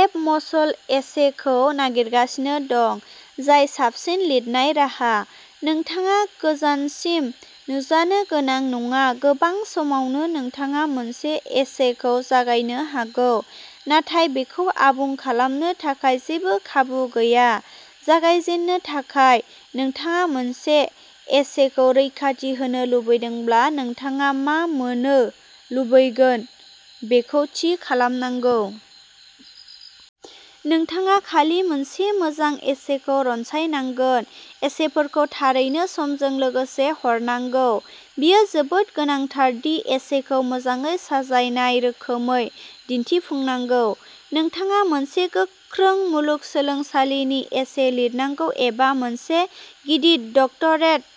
एब मसल एसेखौ नागिरगासिनो दं, जाय साबसिन लिरनाय राहा, नोंथाङा गोजानसिम नुजानो गोनां नङा। गोबां समावनो नोंथाङा मोनसे एसेखौ जागायनो हागौ, नाथाय बेखौ आबुं खालामनो थाखाय जेबो खाबु गैया। जागायजेननो थाखाय, नोंथाङा मोनसे एसेखौ रैखाथि होनो लुबैदोंब्ला, नोंथाङा मा मोन्नो लुबैगोन बेखौ थि खालामनांगौ। नोंथाङा खालि मोनसे मोजां एसेखौ रनसायनांगोन। एसेफोरखौ थारैनो समजों लोगोसे हरनांगौ। बेयो जोबोद गोनांथार दि एसेखौ मोजाङै साजायनाय रोखोमै दिन्थिफुंनांगौ। नोंथाङा मोनसे गोख्रै मुलुगसोलोंसालिनि एसे लिरनांगौ एबा मोनसे गिदिर डक्टरेट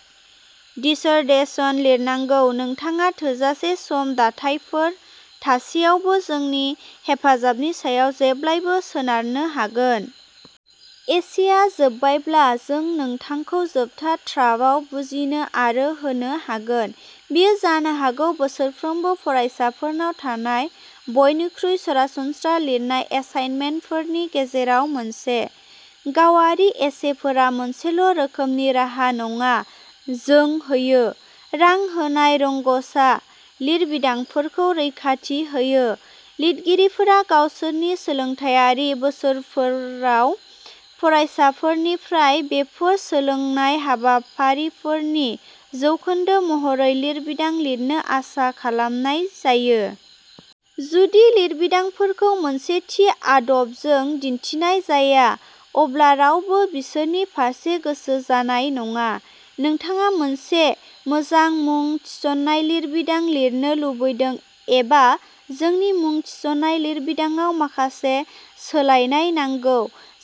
डिसर्टेशन लिरनांगौ, नोंथाङा थोजासे सम दाथायफोर थासेयावबो जोंनि हेफाजाबनि सायाव जेब्लाबो सोनारनो हागोन। एसेआ जोबबायब्ला, जों नोंथांखौ जोबथा ड्राफ्टआव बुजिनो आरो होनो हागोन। बेयो जानो हागौ बोसोरफ्रोमबो फरायसाफोरनाव थानाय बयनिख्रुइ सरासनस्रा लिरनाय एसाइनमेन्टफोरनि गेजेराव मोनसे। गावारि एसेफोरा मोनसेल'रोखोमनि राहा नङा। जों होयो। रां होनाय रोंग'सा लिरबिदांफोरखौ रैखाथि हो, लिरगिरिफोरा गावसोरनि सोलोंथायारि बोसोरफोराव, फरायसाफोरनिफ्राय बेफोर सोलोंनाय हाबाफारिफोरनि जौखोन्दो महरै लिरबिदां लिरनो आसा खालामनाय जायो। जुदि लिरबिदांफोरखौ मोनसे थि आदबजों दिन्थिनाय जाया, अब्ला रावबो बिसोरनि फारसे गोसो जानाय नङा। नोंथाङा मोनसे मोजां मुं थिसननाय लिरबिदां लिरनो लुबैदों एबा जोंनि मुं थिसननाय लिरबिदांआव माखासे सोलायनाय नांगौ,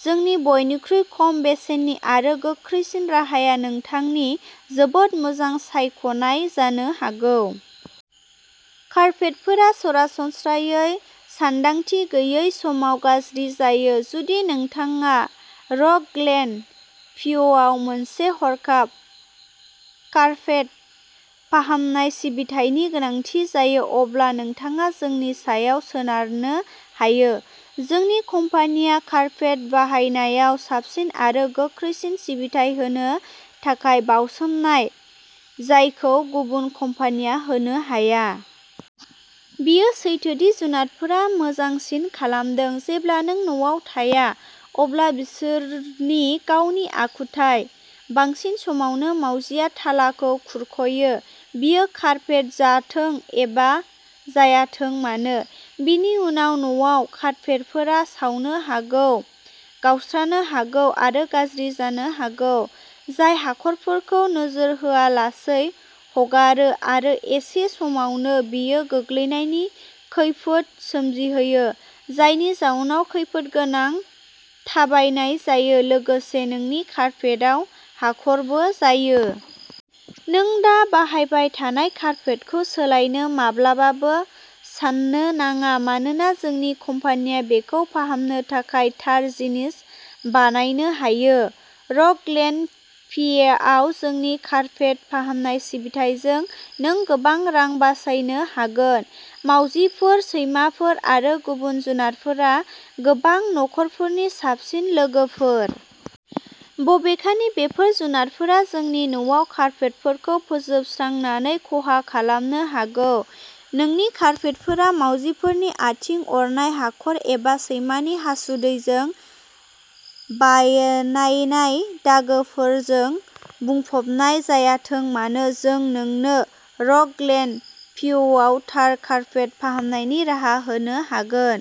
जोंनि बयनिख्रुइ खम बेसेननि आरो गोख्रैसिन राहाया नोंथांनि जोबोद मोजां सायख'नाय जानो हागौ। कार्पेटफोरा सरासनस्रायै सानदांथि गैयै समाव गाज्रि जायो। जुदि नोंथाङा रक ग्लेन, पिएआव मोनसे हरखाब कार्पेट फाहामनाय सिबिथायनि गोनांथि जायो, अब्ला नोंथाङा जोंनि सायाव सोनारनो हायो। जोंनि कम्पानिया कार्पेट फाहामनायाव साबसिन आरो गोख्रैसिन सिबिथाइ होनो थाखाय बावसोमनाय जायखौ गुबुन कम्पानिया होनो हाया। बेयो सैथो दि जुनारफोरा मोजांसिन खालामदों। जेब्ला नों न'आव थाया अब्ला बिसोरनि गावनि आखुथाय। बांसिन समावनो, मावजिआ थालाखौ खुरख'यो, बियो कारपेट जाथों एबा जायाथों मानो। बेनि उनाव, न'आव कारपेटफोरा सावनो हागौ, गावस्रानो हागौ आरो गाज्रि जानो हागौ, जाय हाखरफोरखौ नोजोर होआलासै हगारो, आरो एखे समावनो बेयो गोग्लैनायनि खैफोद सोमजिहोयो, जायनि जाउनाव खैफोदगोनां थाबायनाय जायो, लोगोसे नोंनि कारपेटआव हाखरबो जायो। नों दा बाहायबाय थानाय कारपेटखौ सोलायनो माब्लाबाबो साननाङा मानोना जोंनि कम्पानिया बेखौ फाहामनो थाखाय थार जिनिस बानायनो हायो। रक ग्लेन, पिएआव जोंनि कारपेट फाहामनाय सिबिथाइजों नों गोबां रां बासायनो हागोन। मावजिफोर, सैमाफोर आरो गुबुन जुनारफोरा गोबां नखरफोरनि साबसिन लोगोफोर। बबेखानि बेफोर जुनारफोरा नोंनि न'आव कारपेटफोरखौ फोजोबस्रांनानै खहा खालामनो हागौ। नोंनि कारपेटफोरा मावजिफोरनि आथिं, अरनाय हाखर एबा सैमानि हासुदैजों बानायनाय दागोफोरजों बुंफबनाय जायाथों मानो, जों नोंनो रक ग्लेन, पिएआव थार कारपेट फाहामनायनि राहा होनो हागोन।